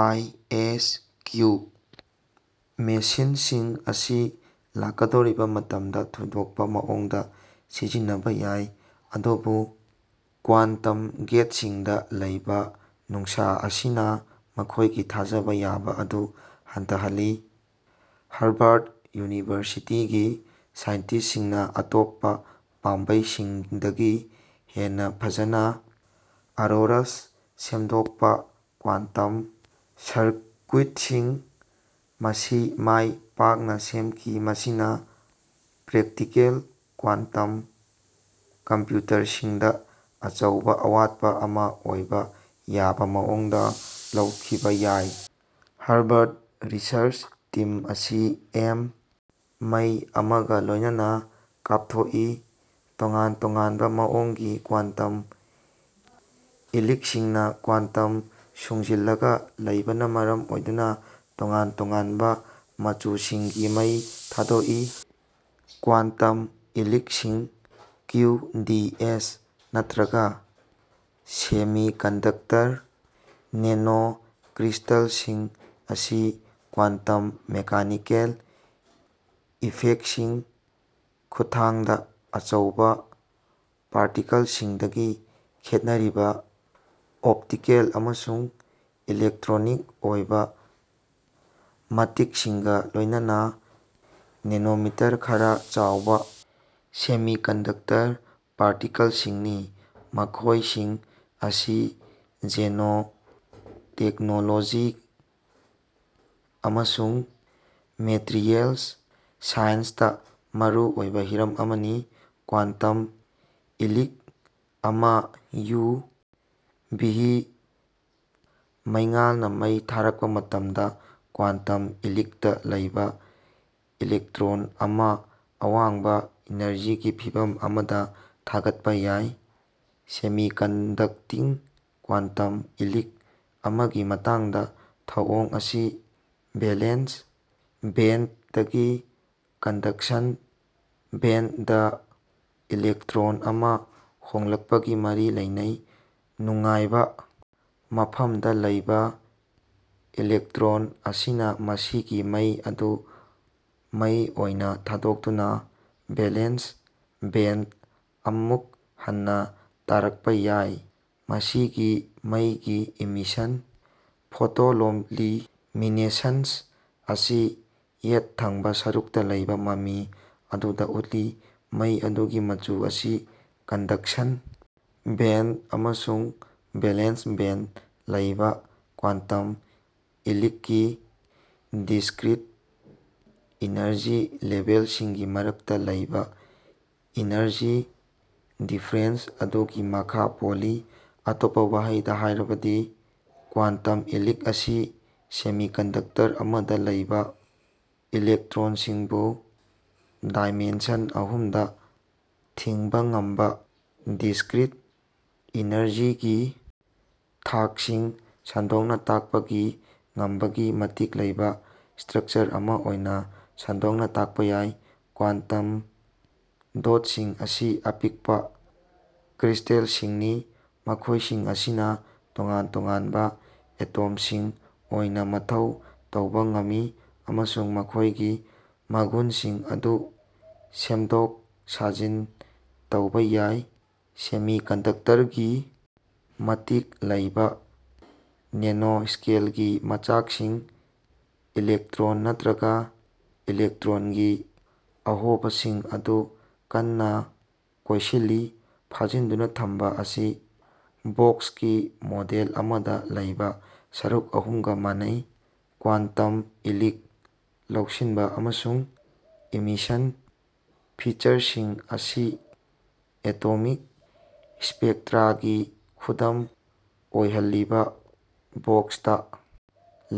(ꯑꯥꯏ. S. Q) ꯃꯦꯁꯤꯟꯁꯤꯡ ꯑꯁꯤ ꯂꯥꯛꯀꯗꯧꯔꯤꯕ ꯃꯇꯝꯗ ꯊꯣꯏꯗꯣꯛꯄ ꯃꯑꯣꯡꯗ ꯁꯤꯖꯤꯟꯅꯕ ꯌꯥꯏ, ꯑꯗꯨꯕꯨ ꯀ꯭ꯋꯥꯟꯇꯝ ꯒꯦꯠꯁꯤꯡꯗ ꯂꯩꯕ ꯅꯨꯡꯁꯥ ꯑꯁꯤꯅ ꯃꯈꯣꯏꯒꯤ ꯊꯥꯖꯕ ꯌꯥꯕ ꯑꯗꯨ ꯍꯟꯊꯍꯜꯂꯤ꯫ꯍꯔꯕꯔ꯭ꯗ ꯌꯨꯅꯤꯚꯔꯁꯤꯇꯤꯒꯤ ꯁꯥꯏꯟꯇꯤꯁꯁꯤꯡꯅ ꯑꯇꯣꯞꯄ ꯄꯥꯝꯕꯩꯁꯤꯡꯗꯒꯤ ꯍꯦꯟꯅ ꯐꯖꯅ ꯑꯔꯣꯔꯁ ꯁꯦꯝꯗꯣꯛꯄ "ꯀ꯭ꯋꯥꯟꯇꯝ ꯁꯔꯀ꯭ꯌꯨꯠꯁꯤꯡ" ꯑꯁꯤ ꯃꯥꯏ ꯄꯥꯛꯅ ꯁꯦꯝꯈꯤ, ꯃꯁꯤꯅ ꯄ꯭ꯔꯦꯛꯇꯤꯀꯦꯜ ꯀ꯭ꯋꯥꯟꯠꯝ ꯀꯝꯄ꯭ꯌꯨꯇꯔꯁꯤꯡꯗ ꯑꯆꯧꯕ ꯑꯋꯥꯠꯄ ꯑꯃ ꯑꯣꯏꯕ ꯌꯥꯕ ꯃꯑꯣꯡꯗ ꯂꯧꯊꯣꯛꯈꯤꯕ ꯌꯥꯏ꯫ ꯍꯔꯕꯔ꯭ꯗ ꯔꯤꯁꯔ꯭ꯆ ꯇꯤꯝ ꯑꯁꯤ ꯑꯦꯝ. ꯃꯩ ꯑꯃꯒ ꯂꯣꯏꯅꯅ ꯀꯥꯞꯊꯣꯛꯏ꯫ ꯇꯣꯉꯥꯟ-ꯇꯣꯉꯥꯟꯕ ꯃꯑꯣꯡꯒꯤ ꯀ꯭ꯋꯥꯟꯇꯝ ꯏꯂꯤꯛꯁꯤꯡꯅ ꯀ꯭ꯋꯥꯟꯇꯝ ꯁꯨꯡꯖꯤꯟꯂꯒ ꯂꯩꯕꯅ ꯃꯔꯝ ꯑꯣꯏꯗꯨꯅ ꯇꯣꯉꯥꯟ-ꯇꯣꯉꯥꯟꯕ ꯃꯆꯨꯁꯤꯡꯒꯤ ꯃꯩ ꯊꯥꯗꯣꯛꯏ꯫ ꯀ꯭ꯋꯥꯟꯇꯝ ꯏꯂꯤꯛꯁꯤꯡ (ꯀ꯭ꯌꯨ. ꯗꯤ. ꯑꯦꯁ.) ꯅꯠꯇ꯭ꯔꯒ ꯁꯦꯃꯤꯀꯟꯗꯛꯇꯔ ꯅꯦꯅꯣꯀ꯭ꯔꯤꯁꯇꯜꯁꯤꯡ ꯑꯁꯤ ꯀ꯭ꯋꯥꯟꯇꯝ ꯃꯦꯀꯥꯅꯤꯀꯦꯜ ꯏꯐꯦꯛꯁꯤꯡ ꯈꯨꯠꯊꯥꯡꯗ ꯑꯆꯧꯕ ꯄꯥꯔꯇꯤꯀꯜꯁꯤꯡꯗꯒꯤ ꯈꯦꯠꯅꯔꯤꯕ ꯑꯣꯞꯇꯤꯀꯦꯜ ꯑꯃꯁꯨꯡ ꯏꯂꯦꯛꯇ꯭ꯔꯣꯅꯤꯛ ꯑꯣꯏꯕ ꯃꯇꯤꯛꯁꯤꯡꯒ ꯂꯣꯏꯅꯅ ꯅꯦꯅꯣꯃꯤꯇꯔ ꯈꯔ ꯆꯥꯎꯕ ꯁꯦꯃꯤꯀꯟꯗꯛꯇꯔ ꯄꯥꯔꯇꯤꯀꯜꯁꯤꯡꯅꯤ꯫ ꯃꯈꯣꯏꯁꯤꯡ ꯑꯁꯤ ꯅꯦꯅꯣ ꯇꯦꯛꯅꯣꯂꯣꯖꯤ ꯑꯃꯁꯨꯡ ꯃꯦꯇ꯭ꯔꯤꯌꯦꯜꯁ ꯁꯥꯏꯟ꯭ꯁꯇ ꯃꯔꯨ ꯑꯣꯏꯕ ꯍꯤꯔꯝ ꯑꯃꯅꯤ꯫ ꯀ꯭ꯋꯥꯟꯇꯝ ꯏꯂꯤꯛ ꯑꯃ ꯌꯨ. ꯚꯤ. ꯃꯩꯉꯥꯜꯅ ꯃꯩ ꯊꯥꯔꯛꯄ ꯃꯇꯝꯗ, ꯀ꯭ꯋꯥꯟꯇꯝ ꯏꯂꯤꯛꯇ ꯂꯩꯕ ꯏꯂꯦꯛꯇ꯭ꯔꯣꯟ ꯑꯃ ꯑꯋꯥꯡꯕ ꯏꯅꯔꯖꯤꯒꯤ ꯐꯤꯚꯝ ꯑꯃꯗ ꯊꯥꯒꯠꯄ ꯌꯥꯏ꯫ ꯁꯦꯃꯤꯀꯣꯟꯗꯛꯇꯤꯡ ꯀ꯭ꯋꯥꯟꯇꯝ ꯏꯂꯤꯛ ꯑꯃꯒꯤ ꯃꯇꯥꯡꯗ, ꯊꯧꯑꯣꯡ ꯑꯁꯤ ꯚꯦꯂꯦꯟꯁ ꯕꯦꯟꯗꯇꯒꯤ ꯀꯟꯗꯛꯁꯟ ꯕꯦꯟꯗꯗ ꯏꯂꯦꯛꯇ꯭ꯔꯣꯟ ꯑꯃ ꯍꯣꯡꯂꯛꯄꯒ ꯃꯔꯤ ꯂꯩꯅꯩ꯫ ꯅꯨꯉꯥꯏꯕ ꯃꯐꯝꯗ ꯂꯩꯕ ꯏꯂꯦꯛꯇ꯭ꯔꯣꯟ ꯑꯁꯤꯅ ꯃꯁꯤꯒꯤ ꯃꯩ ꯑꯗꯨ ꯃꯩ ꯑꯣꯏꯅ ꯊꯥꯗꯣꯛꯇꯨꯅ ꯚꯦꯂꯦꯟꯁ ꯕꯦꯟꯗ ꯑꯃꯨꯛ ꯍꯟꯅ ꯇꯥꯔꯛꯄ ꯌꯥꯏ꯫ ꯃꯁꯤꯒꯤ ꯃꯩꯒꯤ ꯏꯃꯤꯁꯟ (ꯐꯣꯇꯣꯂꯣꯂꯤꯃꯤꯅꯦꯁꯦꯟꯁ) ꯑꯁꯤ ꯌꯦꯠ ꯊꯪꯕ ꯁꯔꯨꯛꯇ ꯂꯩꯕ ꯃꯃꯤ ꯑꯗꯨꯗ ꯎꯠꯂꯤ꯫ ꯃꯩ ꯑꯗꯨꯒꯤ ꯃꯆꯨ ꯑꯁꯤ ꯀꯟꯗꯛꯁꯟ ꯕꯦꯟꯗ ꯑꯃꯁꯨꯡ ꯚꯦꯂꯦꯟꯁ ꯕꯦꯟꯗ ꯂꯩꯕ ꯀ꯭ꯋꯥꯟꯇꯝ ꯏꯂꯤꯛꯀꯤ ꯗꯤꯁ꯭ꯀ꯭ꯔꯤꯠ ꯏꯅꯔꯖꯤ ꯂꯦꯕꯦꯜꯁꯤꯡꯒꯤ ꯃꯔꯛꯇ ꯂꯩꯕ ꯏꯅꯔꯖꯤ ꯗꯤꯐꯔꯦꯟꯁ ꯑꯗꯨꯒꯤ ꯃꯈꯥ ꯄꯣꯜꯂꯤ꯫ ꯑꯇꯣꯞꯄ ꯋꯥꯍꯩꯗ ꯍꯥꯏꯔꯕꯗꯤ, ꯀ꯭ꯋꯥꯟꯇꯝ ꯏꯂꯤꯛ ꯑꯁꯤ ꯁꯦꯃꯤꯀꯟꯗꯛꯇꯔ ꯑꯃꯗ ꯂꯩꯕ ꯏꯂꯦꯛꯇ꯭ꯔꯣꯟꯁꯤꯡꯕꯨ ꯗꯥꯏꯃꯦꯟꯁꯟ ꯑꯍꯨꯝꯗ ꯊꯤꯡꯕ ꯉꯝꯕ, ꯗꯤꯁꯀ꯭ꯔꯤꯠ ꯏꯅꯔꯖꯤꯒꯤ ꯊꯥꯛꯁꯤꯡ ꯁꯟꯗꯣꯛꯅ ꯇꯥꯛꯄꯒꯤ ꯉꯝꯕꯒꯤ ꯃꯇꯤꯛ ꯂꯩꯕ ꯁꯇ꯭ꯔꯛꯆꯔ ꯑꯃ ꯑꯣꯏꯅ ꯁꯟꯗꯣꯛꯅ ꯇꯥꯛꯄ ꯌꯥꯏ꯫ ꯀ꯭ꯋꯥꯟꯇꯝ ꯗꯣꯠꯁꯤꯡ ꯑꯁꯤ ꯑꯄꯤꯛꯄ ꯀ꯭ꯔꯤꯁꯇꯦꯜꯁꯤꯡꯅꯤ, ꯃꯈꯣꯏꯁꯤꯡ ꯑꯁꯤꯅ ꯇꯣꯉꯥꯟ-ꯇꯣꯉꯥꯟꯕ ꯑꯦꯇꯣꯝꯁꯤꯡ ꯑꯣꯏꯅ ꯃꯊꯧ ꯇꯧꯕ ꯉꯝꯃꯤ, ꯑꯃꯁꯨꯡ ꯃꯈꯣꯏꯒꯤ ꯃꯒꯨꯟꯁꯤꯡ ꯑꯗꯨ ꯁꯦꯝꯗꯣꯛ-ꯁꯥꯖꯤꯟ ꯇꯧꯕ ꯌꯥꯏ꯫ ꯁꯦꯃꯤꯀꯟꯗꯛꯇꯔꯒꯤ ꯃꯇꯤꯛ ꯂꯩꯕ ꯅꯦꯅꯣꯁ꯭ꯀꯦꯜꯒꯤ ꯃꯆꯥꯛꯁꯤꯡ ꯏꯂꯦꯛꯇ꯭ꯔꯣꯟ ꯅꯠꯇ꯭ꯔꯒ ꯏꯂꯦꯛꯇ꯭ꯔꯣꯟꯒꯤ ꯑꯍꯣꯕꯁꯤꯡ ꯑꯗꯨ ꯀꯟꯅ ꯀꯣꯟꯁꯤꯜꯂꯤ꯫ ꯐꯥꯖꯤꯟꯗꯨꯅ ꯊꯝꯕ ꯑꯁꯤ ꯕꯣꯛꯁꯀꯤ ꯃꯣꯗꯦꯜ ꯑꯃꯗ ꯂꯩꯕ ꯁꯔꯨꯛ ꯑꯍꯨꯝꯒ ꯃꯥꯟꯅꯩ꯫ ꯀ꯭ꯋꯥꯟꯇꯝ ꯏꯂꯤꯛ ꯂꯧꯁꯤꯟꯕ ꯑꯃꯁꯨꯡ ꯏꯃꯤꯁꯟ ꯐꯤꯆꯔꯁꯤꯡ ꯑꯁꯤ ꯑꯦꯇꯣꯃꯤꯛ ꯁ꯭ꯄꯦꯛꯇ꯭ꯔꯥꯒꯤ ꯈꯨꯗꯝ ꯑꯣꯏꯍꯜꯂꯤꯕ ꯕꯣꯛꯁꯇ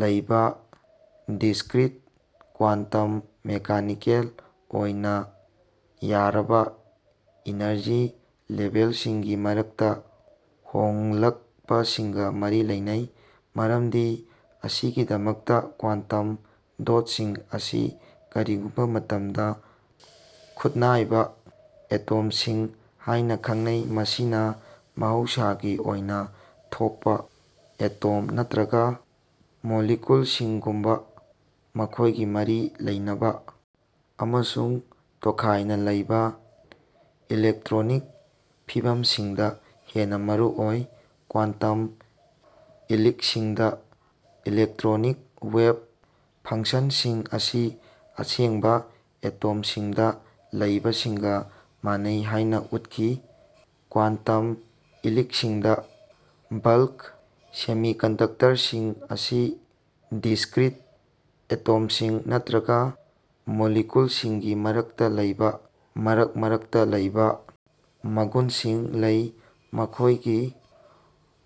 ꯂꯩꯕ ꯗꯤꯁꯀ꯭ꯔꯤꯠ ꯀ꯭ꯋꯥꯟꯇꯝ ꯃꯦꯀꯥꯅꯤꯀꯦꯜ ꯑꯣꯏꯅ ꯌꯥꯔꯕ ꯏꯅꯔꯖꯤ ꯂꯦꯕꯦꯜꯁꯤꯡꯒꯤ ꯃꯔꯛꯇ ꯍꯣꯡꯂꯛꯄꯁꯤꯡꯒ ꯃꯔꯤ ꯂꯩꯅꯩ꯫ ꯃꯔꯝꯁꯤꯡ ꯑꯁꯤꯒꯤꯗꯃꯛꯇ, ꯀ꯭ꯋꯥꯟꯇꯝ ꯗꯣꯠꯁꯤꯡ ꯑꯁꯤ ꯀꯔꯤꯒꯨꯝꯕ ꯃꯇꯝꯗ ꯈꯨꯠꯅꯥꯏꯕ ꯑꯦꯇꯣꯝꯁꯤꯡ ꯍꯥꯏꯅ ꯈꯪꯅꯩ, ꯃꯁꯤꯅ ꯃꯍꯧꯁꯥꯒꯤ ꯑꯣꯏꯅ ꯊꯣꯛꯄ ꯑꯦꯇꯣꯝ ꯅꯠꯇ꯭ꯔꯒ ꯃꯣꯂꯤꯀꯨꯜꯁꯤꯡꯒꯨꯝꯕ ꯃꯈꯣꯏꯒꯤ ꯃꯔꯤ ꯂꯩꯅꯕ ꯑꯃꯁꯨꯡ ꯇꯣꯈꯥꯏꯅ ꯂꯩꯕ ꯏꯂꯦꯛꯇ꯭ꯔꯣꯅꯤꯛ ꯐꯤꯚꯝꯁꯤꯡꯗ ꯍꯦꯟꯅ ꯃꯔꯨ ꯑꯣꯏ꯫ ꯀ꯭ꯋꯥꯟꯇꯝ ꯏꯂꯤꯛꯁꯤꯡꯗ ꯏꯂꯦꯛꯇ꯭ꯔꯣꯅꯤꯛ ꯋꯦꯕ ꯐꯡꯁꯟꯁꯤꯡ ꯑꯁꯤ ꯑꯁꯦꯡꯕ ꯑꯦꯇꯣꯝꯁꯤꯡꯗ ꯂꯩꯕꯁꯤꯡꯒ ꯃꯥꯟꯅꯩ ꯍꯥꯏꯅ ꯎꯠꯈꯤ꯫ ꯀ꯭ꯋꯥꯟꯇꯝ ꯏꯂꯤꯛꯁꯤꯡꯗ ꯕꯜꯛ ꯁꯦꯃꯤꯀꯟꯗꯛꯇꯔꯁꯤꯡ ꯑꯃꯁꯨꯡ ꯗꯤꯁ꯭ꯀ꯭ꯔꯤꯠ ꯑꯦꯇꯣꯝꯁꯤꯡ ꯅꯠꯇ꯭ꯔꯒ ꯃꯣꯂꯤꯀꯨꯜꯁꯤꯡꯒꯤ ꯃꯔꯛꯇ ꯂꯩꯕ ꯃꯔꯛ-ꯃꯔꯛꯇ ꯂꯩꯕ ꯃꯒꯨꯟꯁꯤꯡ ꯂꯩ꯫ ꯃꯈꯣꯏꯒꯤ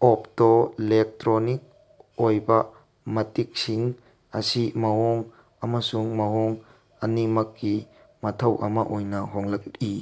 ꯑꯣꯞꯇꯣꯂꯦꯛꯇ꯭ꯔꯣꯅꯤꯛ ꯑꯣꯏꯕ ꯃꯇꯤꯛꯁꯤꯡ ꯑꯁꯤ ꯃꯑꯣꯡ ꯑꯃꯁꯨꯡ ꯃꯑꯣꯡ ꯑꯅꯤꯃꯛꯀꯤ ꯃꯊꯧ ꯑꯃ ꯑꯣꯏꯅ ꯍꯣꯡꯂꯛꯏ꯫